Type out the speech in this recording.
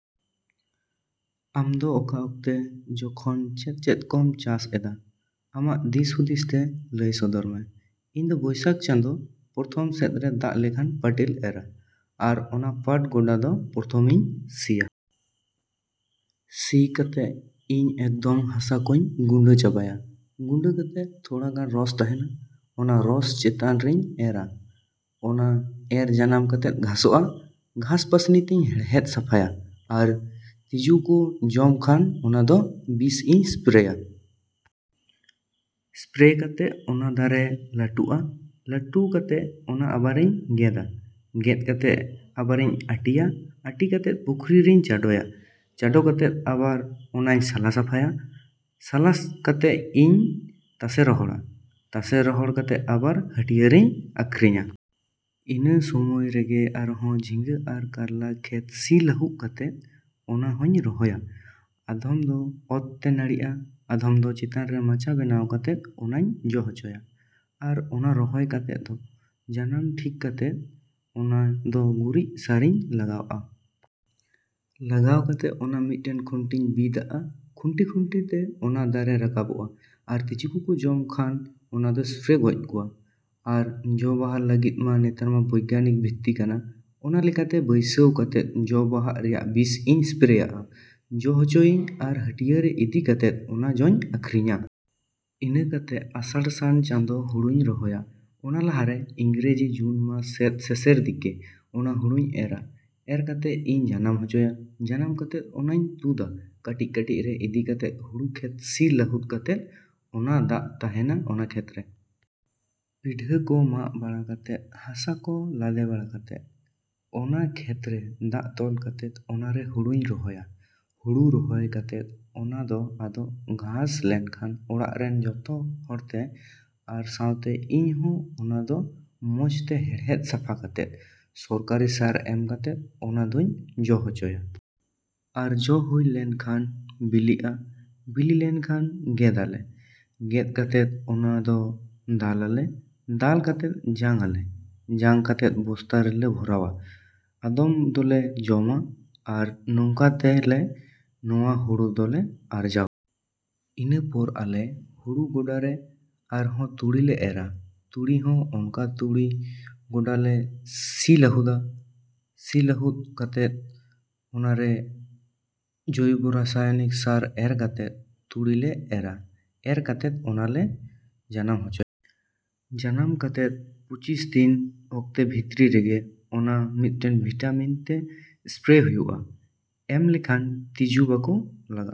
ᱟᱢᱫᱚ ᱚᱠᱟ ᱚᱠᱛᱮ ᱡᱚᱠᱷᱚᱱ ᱪᱮᱫᱼᱪᱮᱫ ᱠᱚᱢ ᱪᱟᱥ ᱮᱫᱟ, ᱟᱢᱟᱜ ᱫᱤᱥ ᱦᱩᱫᱤᱥ ᱛᱮ ᱞᱟᱹᱭ ᱥᱚᱫᱚᱨ ᱢᱮ? ᱤᱧᱫᱚ ᱵᱳᱭᱥᱟᱠᱷ ᱪᱟᱸᱫᱚ ᱯᱨᱚᱛᱷᱚᱢ ᱥᱮᱫ ᱨᱮ ᱫᱟᱜ ᱞᱮᱠᱷᱟᱱ ᱯᱟᱴᱤᱧ ᱮᱨᱟ ᱟᱨ ᱚᱱᱟ ᱯᱟᱴ ᱜᱚᱰᱟ ᱫᱚ ᱯᱨᱚᱛᱷᱚᱢ ᱤᱧ ᱥᱤᱭᱟ᱾ ᱥᱤ ᱠᱟᱛᱮᱫ ᱤᱧ ᱮᱠᱫᱚᱢ ᱦᱟᱥᱟ ᱠᱚᱧ ᱜᱩᱸᱰᱟᱹ ᱪᱟᱵᱟᱭᱟ᱾ ᱜᱩᱸᱰᱟᱹ ᱠᱟᱛᱮᱫ ᱛᱷᱚᱲᱟᱜᱟᱱ ᱨᱚᱥ ᱛᱟᱦᱮᱱᱟ, ᱚᱱᱟ ᱨᱚᱥ ᱪᱮᱛᱟᱱ ᱨᱤᱧ ᱮᱨᱟ᱾ ᱚᱱᱟ ᱮᱨ ᱡᱟᱱᱟᱢ ᱠᱟᱛᱮᱫ ᱜᱷᱟᱥᱚᱜᱼᱟ, ᱜᱷᱟᱥ ᱯᱟᱥᱱᱤ ᱛᱤᱧ ᱦᱮᱲᱦᱮᱫ ᱥᱟᱯᱷᱟᱭᱟ᱾ ᱟᱨ ᱛᱤᱸᱡᱩ ᱠᱚ ᱡᱚᱢ ᱠᱷᱟᱱ ᱚᱱᱟ ᱫᱚ ᱵᱤᱥ ᱤᱧ ᱥᱯᱨᱮᱭᱟ᱾ ᱥᱯᱨᱮ ᱠᱟᱛᱮᱫ ᱚᱱᱟ ᱫᱟᱨᱮ ᱞᱟᱹᱴᱩᱜᱼᱟ᱾ ᱞᱟᱹᱴᱩ ᱠᱟᱛᱮᱫ ᱚᱱᱟ ᱟᱵᱟᱨᱤᱧ ᱜᱮᱫᱟ᱾ ᱜᱮᱫ ᱠᱟᱛᱮᱫ ᱟᱵᱟᱨᱤᱧ ᱟᱹᱴᱤᱭᱟ᱾ ᱟᱹᱴᱤ ᱠᱟᱛᱮᱫ ᱯᱩᱠᱷᱨᱤ ᱨᱤᱧ ᱪᱟᱰᱚᱭᱟ᱾ ᱪᱟᱰᱚ ᱠᱟᱛᱮᱫ ᱟᱵᱟᱨ ᱚᱱᱟᱧ ᱥᱟᱞᱟ ᱥᱟᱯᱷᱟᱭᱟ᱾ ᱥᱟᱞᱟ ᱠᱟᱛᱮᱫ ᱤᱧ ᱛᱟᱥᱮ ᱨᱚᱦᱚᱲᱟ᱾ ᱛᱟᱥᱮ ᱨᱚᱦᱚᱲ ᱠᱟᱛᱮᱫ ᱟᱵᱟᱨ ᱦᱟᱹᱴᱭᱟᱹ ᱨᱤᱧ ᱟᱹᱠᱷᱨᱤᱧᱟ᱾ ᱤᱱᱟᱹ ᱥᱚᱢᱚᱭ ᱨᱮᱜᱮ ᱟᱨᱦᱚᱸ ᱡᱷᱤᱸᱜᱟᱹ ᱟᱨ ᱠᱟᱨᱞᱟ ᱠᱷᱮᱛ ᱥᱤ ᱞᱟᱹᱦᱩᱫ ᱠᱟᱛᱮᱫ ᱚᱱᱟ ᱦᱚᱧ ᱨᱚᱦᱚᱭᱟ᱾ ᱟᱫᱷᱚᱢ ᱫᱚ ᱚᱛ ᱛᱮ ᱱᱟᱹᱲᱤᱜᱼᱟ, ᱟᱫᱷᱚᱢ ᱫᱚ ᱪᱮᱛᱟᱱ ᱨᱮ ᱢᱟᱪᱟ ᱵᱮᱱᱟᱣ ᱠᱟᱛᱮᱫ ᱚᱱᱟᱧ ᱡᱚ ᱦᱚᱪᱚᱭᱟ᱾ ᱟᱨ ᱚᱱᱟ ᱨᱚᱦᱚᱭ ᱠᱟᱛᱮᱫ ᱡᱟᱱᱟᱢ ᱴᱷᱤᱠ ᱠᱟᱛᱮᱫ ᱚᱱᱟ ᱫᱚ ᱜᱩᱨᱤᱡ ᱥᱟᱨᱤᱧ ᱞᱟᱜᱟᱣ ᱟᱜᱼᱟ᱾ ᱞᱟᱜᱟᱣ ᱠᱟᱛᱮᱫ ᱚᱱᱟ ᱢᱤᱫᱴᱮᱱ ᱠᱷᱩᱱᱴᱤᱧ ᱵᱤᱫᱟᱜᱼᱟ᱾ ᱠᱷᱩᱱᱴᱤᱼᱠᱷᱩᱱᱴᱤ ᱛᱮ ᱚᱱᱟ ᱫᱟᱨᱮ ᱨᱟᱠᱟᱵᱚᱜᱼᱟ᱾ ᱟᱨ ᱛᱤᱡᱩ ᱠᱚᱠᱚ ᱡᱚᱢ ᱠᱷᱟᱱ ᱚᱱᱟ ᱫᱚ ᱥᱯᱨᱮ ᱜᱚᱡ ᱠᱚᱣᱟ᱾ ᱟᱨ ᱡᱚ ᱵᱟᱦᱟᱜ ᱞᱟᱹᱜᱤᱫ ᱢᱟ ᱱᱮᱛᱟᱨ ᱢᱟ ᱵᱳᱭᱜᱟᱱᱤᱠ ᱵᱷᱤᱛᱛᱤ ᱠᱟᱱᱟ᱾ ᱚᱱᱟ ᱞᱮᱠᱟᱛᱮ ᱵᱟᱹᱭᱥᱟᱹᱣ ᱠᱟᱛᱮᱫ ᱡᱚᱼᱵᱟᱦᱟᱜ ᱨᱮᱭᱟᱜ ᱵᱤᱥᱤᱧ ᱥᱯᱨᱮᱭᱟᱜᱼᱟ, ᱡᱚ ᱦᱚᱪᱚᱭᱟᱹᱧ ᱟᱨ ᱦᱟᱹᱴᱭᱟᱹ ᱨᱮ ᱤᱫᱤ ᱠᱟᱛᱮᱫ ᱚᱱᱟ ᱡᱚᱧ ᱟᱹᱠᱷᱨᱤᱧᱟ᱾ ᱤᱱᱟᱹ ᱠᱟᱛᱮᱫ ᱟᱥᱟᱲᱼᱥᱟᱱ ᱪᱟᱸᱫᱚ ᱦᱩᱲᱩᱧ ᱨᱚᱦᱚᱭᱟ᱾ ᱚᱱᱟ ᱞᱟᱦᱟᱨᱮ ᱤᱝᱨᱮᱡᱤ ᱡᱩᱱ ᱢᱟᱥ ᱥᱮᱫ ᱥᱮᱥᱮᱨ ᱫᱤᱠᱮ ᱚᱱᱟ ᱦᱩᱲᱩᱧ ᱮᱨᱟ᱾ ᱮᱨ ᱠᱟᱛᱮᱫ ᱤᱧ ᱡᱟᱱᱟᱢ ᱦᱚᱪᱚᱭᱟ᱾ ᱡᱟᱱᱟᱢ ᱠᱟᱛᱮᱫ ᱚᱱᱟᱧ ᱛᱩᱫᱟ ᱠᱟᱹᱴᱤᱡᱼᱠᱟᱹᱴᱤᱡ ᱨᱮ ᱤᱫᱤ ᱠᱟᱛᱮᱫ ᱦᱩᱲᱩ ᱠᱷᱮᱛ ᱥᱤ ᱞᱟᱹᱦᱩᱫ ᱠᱟᱛᱮᱫ ᱚᱱᱟ ᱫᱟᱜ ᱛᱟᱦᱮᱱᱟ ᱚᱱᱟ ᱠᱷᱮᱛᱨᱮ᱾ ᱯᱤᱰᱷᱟᱹ ᱠᱚ ᱢᱟᱜ ᱵᱟᱲᱟ ᱠᱟᱛᱮᱫ, ᱦᱟᱥᱟ ᱠᱚ ᱞᱟᱫᱮ ᱵᱟᱲᱟ ᱠᱟᱛᱮᱫ ᱚᱱᱟ ᱠᱷᱮᱛ ᱨᱮ ᱫᱟᱜ ᱛᱚᱞ ᱠᱟᱛᱮᱫ ᱚᱱᱟᱨᱮ ᱦᱩᱲᱩᱧ ᱨᱚᱦᱚᱭᱟ᱾ ᱦᱩᱲᱩ ᱨᱚᱦᱚᱭ ᱠᱟᱛᱮᱫ ᱚᱱᱟ ᱫᱚ ᱟᱫᱚ ᱜᱷᱟᱥ ᱞᱮᱱᱠᱷᱟᱱ ᱚᱲᱟᱜ ᱨᱮᱱ ᱡᱚᱛᱚ ᱦᱚᱲᱛᱮ ᱟᱨ ᱥᱟᱣᱛᱮ ᱤᱧ ᱦᱚᱸ ᱚᱱᱟ ᱫᱚ ᱢᱚᱡᱽ ᱛᱮ ᱦᱮᱲᱦᱮᱫ ᱥᱟᱯᱷᱟ ᱠᱟᱛᱮᱫ ᱥᱚᱨᱠᱟᱨᱤ ᱥᱟᱨ ᱮᱢ ᱠᱟᱛᱮᱫ ᱚᱱᱟ ᱫᱩᱧ ᱡᱚ ᱦᱚᱪᱚᱭᱟ᱾ ᱟᱨ ᱡᱚ ᱦᱩᱭ ᱞᱮᱱᱠᱷᱟᱱ ᱵᱤᱞᱤᱜᱼᱟ᱾ ᱵᱤᱞᱤ ᱞᱮᱱᱠᱷᱟᱱ ᱜᱮᱫ ᱟᱞᱮ᱾ ᱜᱮᱫ ᱠᱟᱛᱮᱫ ᱚᱱᱟ ᱫᱚ ᱫᱟᱞ ᱟᱞᱮ᱾ ᱫᱟᱞ ᱠᱟᱛᱮᱫ ᱡᱟᱝ ᱟᱞᱮ᱾ ᱡᱟᱝ ᱠᱟᱛᱮᱫ ᱵᱚᱥᱛᱟ ᱨᱮᱞᱮ ᱵᱷᱚᱨᱟᱣᱟ᱾ ᱟᱫᱚᱢ ᱫᱚᱞᱮ ᱡᱚᱢᱟ᱾ ᱟᱨ ᱱᱚᱝᱠᱟ ᱛᱮ ᱞᱮ ᱱᱚᱣᱟ ᱦᱩᱲᱩ ᱫᱚᱞᱮ ᱟᱨᱡᱟᱣᱟ᱾ ᱤᱱᱟᱹ ᱯᱚᱨ ᱟᱞᱮ ᱦᱩᱲᱩ ᱜᱚᱰᱟᱨᱮ ᱟᱨᱦᱚᱸ ᱛᱩᱲᱤ ᱞᱮ ᱮᱨᱟ᱾ ᱛᱩᱲᱤ ᱦᱚᱸ ᱚᱱᱠᱟ ᱛᱩᱲᱤ ᱜᱚᱰᱟ ᱞᱮ ᱥᱤ ᱞᱟᱹᱦᱩᱫᱟ᱾ ᱥᱤ ᱞᱟᱹᱦᱩᱫ ᱠᱟᱛᱮᱫ ᱚᱱᱟᱨᱮ ᱡᱳᱭᱵᱚ ᱨᱟᱥᱟᱭᱚᱱᱤᱠ ᱥᱟᱨ ᱮᱨ ᱠᱟᱛᱮᱫ ᱛᱩᱲᱤᱞᱮ ᱮᱨᱟ᱾ ᱮᱨ ᱠᱟᱛᱮᱫ ᱚᱱᱟᱞᱮ ᱡᱟᱱᱟᱢ ᱦᱚᱪᱚᱭᱟ᱾ ᱡᱟᱱᱟᱢ ᱠᱟᱛᱮᱫ ᱯᱚᱸᱪᱤᱥ ᱫᱤᱱ ᱚᱠᱛᱮ ᱵᱷᱤᱛᱨᱤ ᱨᱮᱜᱮ ᱚᱱᱟ ᱢᱤᱫᱴᱮᱱ ᱵᱷᱤᱴᱟᱢᱤᱱ ᱛᱮ ᱥᱯᱨᱮ ᱦᱩᱭᱩᱜᱼᱟ᱾ ᱮᱢ ᱞᱮᱠᱷᱟᱱ ᱛᱤᱡᱩ ᱵᱟᱠᱚ ᱞᱟᱜᱟᱜᱼᱟ᱾